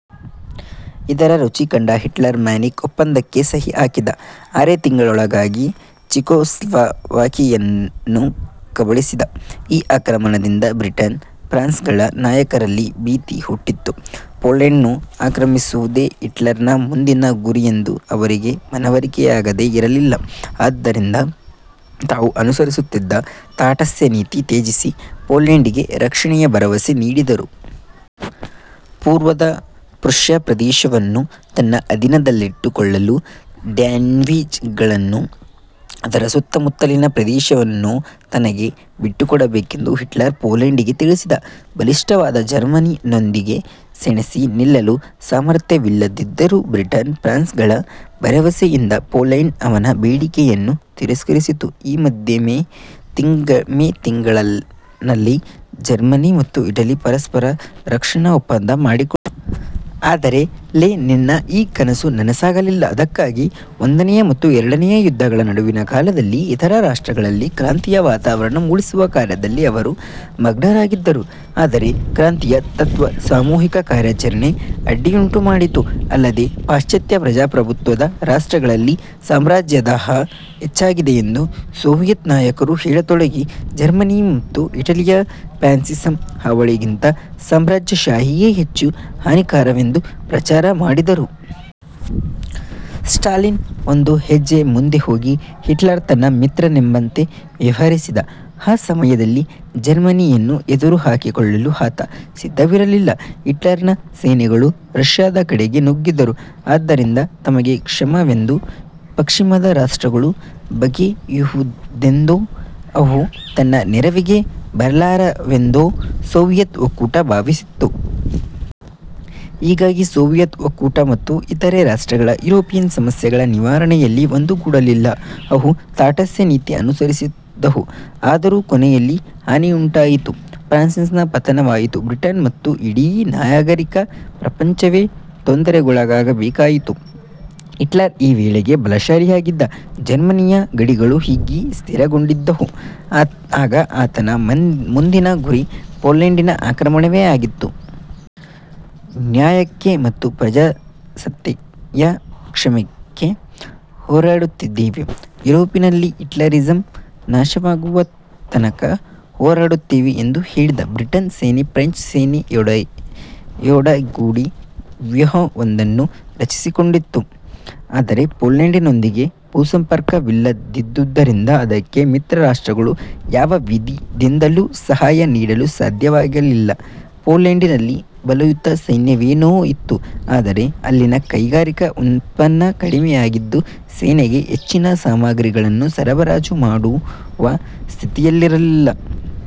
ಇದರ ರುಚಿ ಕಂಡ ಹಿಟ್ಲರ್ ಮ್ಯೂನಿಕ್ ಒಪ್ಪಂದಕ್ಕೆ ಸಹಿಹಾಕಿದ ಆರೇ ತಿಂಗಳೊಳಗಾಗಿ ಚೆಕೊಸ್ಲೊವಾಕಿಯವನ್ನು ಕಬಳಿಸಿದ. ಈ ಆಕ್ರಮಣದಿಂದ ಬ್ರಿಟನ್, ಫ್ರಾನ್ಸ್ಗಳ ನಾಯಕರಲ್ಲಿ ಭೀತಿ ಹುಟ್ಟಿತು. ಪೋಲೆಂಡನ್ನು ಆಕ್ರಮಿಸುವುದೇ ಹಿಟ್ಲರನ ಮುಂದಿನ ಗುರಿಯೆಂದು ಅವರಿಗೆ ಮನವರಿಕೆಯಾಗದೆ ಇರಲಿಲ್ಲ. ಆದ್ದರಿಂದ ತಾವು ಅನುಸರಿಸುತ್ತಿದ್ದ ತಾಟಸ್ಥ್ಯನೀತಿ ತ್ಯಜಿಸಿ, ಪೋಲೆಂಡಿಗೆ ರಕ್ಷಣೆಯ ಭರವಸೆ ನೀಡಿದರು. ಪೂರ್ವದ ಪ್ರಷ್ಯ ಪ್ರದೇಶವನ್ನು ತನ್ನ ಅಧೀನದಲ್ಲಿಟ್ಟುಕೊಳ್ಳಲು ಡ್ಯಾನ್ಜಿಗಳನ್ನೂ ಅದರ ಸುತ್ತಮುತ್ತಲಿನ ಪ್ರದೇಶವನ್ನೂ ತನಗೆ ಬಿಟ್ಟುಕೊಡಬೇಕೆಂದು ಹಿಟ್ಲರ್ ಪೋಲೆಂಡಿಗೆ ತಿಳಿಸಿದ. ಬಲಿಷ್ಠವಾದ ಜರ್ಮನಿಯೊಂದಿಗೆ ಸೆಣೆಸಿ ನಿಲ್ಲಲು ಸಾಮರ್ಥ್ಯವಿಲ್ಲದಿದ್ದರೂ ಬ್ರಿಟನ್ ಫ್ರಾನ್ಸ್ಗಳ ಭರವಸೆಯಿಂದ ಪೋಲೆಂಡ್ ಅವನ ಬೇಡಿಕೆಯನ್ನು ತಿರಸ್ಕರಿಸಿತು. ಈ ಮಧ್ಯೆ ಮೇ ತಿಂಗಳಿನಲ್ಲಿ ಜರ್ಮನಿ ಮತ್ತು ಇಟಲಿ ಪರಸ್ಪರ ರಕ್ಷಣಾ ಒಪ್ಪಂದ ಮಾಡಿಕೊಂಡವು. ಆದರೆ ಲೆನಿನ್ನ ಈ ಕನಸು ನನಸಾಗಲಿಲ್ಲ. ಅದಕ್ಕಾಗಿ ಒಂದನೆಯ ಮತ್ತು ಎರಡನೆಯ ಯುದ್ಧಗಳ ನಡುವಿನ ಕಾಲದಲ್ಲಿ ಇತರ ರಾಷ್ಟ್ರಗಳಲ್ಲಿ ಕ್ರಾಂತಿಯ ವಾತಾವರಣ ಮೂಡಿಸುವ ಕಾರ್ಯದಲ್ಲಿ ಅವರು ಮಗ್ನರಾಗಿದ್ದರು. ಆದರೆ ಕ್ರಾಂತಿಯ ತತ್ತ್ವ ಸಾಮೂಹಿಕ ಕಾರ್ಯಾಚರಣೆಗೆ ಅಡ್ಡಿಯುಂಟುಮಾಡಿತು. ಅಲ್ಲದೆ ಪಾಶ್ಚಾತ್ಯ ಪ್ರಜಾಪ್ರಭುತ್ವದ ರಾಷ್ಟ್ರಗಳಲ್ಲಿ ಸಾಮ್ರಾಜ್ಯದಾಹ ಹೆಚ್ಚಾಗಿದೆಯೆಂದು ಸೋವಿಯತ್ ನಾಯಕರು ಹೇಳತೊಡಗಿ, ಜರ್ಮನಿಯ ಮತ್ತು ಇಟಲಿಯ ಫ್ಯಾಸಿಸಂ ಹಾವಳಿಗಿಂತ ಸಾಮ್ರಾಜ್ಯಷಾಹಿಯೇ ಹೆಚ್ಚು ಹಾನಿಕರವೆಂದು ಪ್ರಚಾರ ಮಾಡಿದರು. ಸ್ಟಾಲಿನ್ ಒಂದು ಹೆಜ್ಜೆ ಮುಂದೆ ಹೋಗಿ, ಹಿಟ್ಲರ್ ತನ್ನ ಮಿತ್ರನೆಂಬಂತೆ ವ್ಯವಹರಿಸಿದ. ಆ ಸಮಯದಲ್ಲಿ ಜರ್ಮನಿಯನ್ನು ಎದುರು ಹಾಕಿಕೊಳ್ಳಲು ಆತ ಸಿದ್ಧವಿರಲಿಲ್ಲ. ಹಿಟ್ಲರನ ಸೇನೆಗಳು ರಷ್ಯ ದ ಕಡೆಗೆ ನುಗ್ಗಿದರೆ ಅದರಿಂದ ತಮಗೆ ಕ್ಷೇಮವೆಂದು ಪಶ್ಚಿಮದ ರಾಷ್ಟ್ರಗಳು ಬಗೆಯುವುವೆಂದೂ ಅವು ತನ್ನ ನೆರವಿಗೆ ಬರಲಾರವೆಂದೂ ಸೋವಿಯತ್ ಒಕ್ಕೂಟ ಭಾವಿಸಿತ್ತು. ಹೀಗಾಗಿ ಸೋವಿಯತ್ ಒಕ್ಕೂಟ ಮತ್ತು ಇತರ ರಾಷ್ಟ್ರಗಳು ಯುರೋಪಿನ ಸಮಸ್ಯೆಗಳ ನಿವಾರಣೆಯಲ್ಲಿ ಒಂದುಗೂಡಲಿಲ್ಲ. ಅವು ತಾಟಸ್ಥ್ಯನೀತಿ ಅನುಸರಿಸಿದವು. ಆದರೂ ಕೊನೆಯಲ್ಲಿ ಹಾನಿಯುಂಟಾಯಿತು. ಫ್ರಾನ್ಸಿನ ಪತನವಾಯಿತು. ಬ್ರಿಟನ್ ಮತ್ತು ಇಡೀ ನಾಗರಿಕ ಪ್ರಪಂಚವೇ ತೊಂದರೆಗೊಳಗಾಗಬೇಕಾಯಿತು. ಹಿಟ್ಲರ್ ಈ ವೇಳೆಗೆ ಬಲಶಾಲಿಯಾಗಿದ್ದ. ಜರ್ಮನಿಯ ಗಡಿಗಳು ಹಿಗ್ಗಿ ಸ್ಥಿರಗೊಂಡಿದ್ದುವು. ಆಗ ಆತನ ಮುಂದಿನ ಗುರಿ ಪೋಲೆಂಡಿನ ಆಕ್ರಮಣವೇ ಆಗಿತ್ತು. ನ್ಯಾಯಕ್ಕೆ ಮತ್ತು ಪ್ರಜಾಸತ್ತೆಯ ಕ್ಷೇಮಕ್ಕೆ ಹೋರಾಡುತ್ತಿದ್ದೇವೆ. ಯುರೋಪಿನಲ್ಲಿ ಹಿಟ್ಲರಿಸಂ ನಾಶವಾಗುವ ತನಕ ಹೋರಾಡುತ್ತೇವೆ ಎಂದು ಹೇಳಿದ. ಬ್ರಿಟನ್ನ ಸೇನೆ ಫ್ರೆಂಚ್ ಸೇನೆಯೊಡಗೂಡಿ ವ್ಯೂಹವೊಂದನ್ನು ರಚಿಸಿಕೊಂಡಿತು. ಆದರೆ ಪೋಲೆಂಡಿನೊಂದಿಗೆ ಭೂಸಂಪರ್ಕವಿಲ್ಲದಿದ್ದುದರಿಂದ ಅದಕ್ಕೆ ಮಿತ್ರರಾಷ್ಟ್ರಗಳು ಯಾವ ವಿಧದಿಂದಲೂ ಸಹಾಯ ನೀಡಲು ಸಾಧ್ಯವಾಗಲಿಲ್ಲ. ಪೋಲೆಂಡಿನಲ್ಲಿ ಬಲಯುತ ಸೈನ್ಯವೇನೋ ಇತ್ತು. ಆದರೆ ಅಲ್ಲಿನ ಕೈಗಾರಿಕಾ ಉತ್ಪನ್ನ ಕಡಿಮೆಯಾಗಿದ್ದು ಸೇನೆಗೆ ಹೆಚ್ಚಿನ ಸಾಮಗ್ರಿಗಳನ್ನು ಸರಬರಾಜು ಮಾಡುವ ಸ್ಥಿತಿಯಲ್ಲಿರಲಿಲ್ಲ.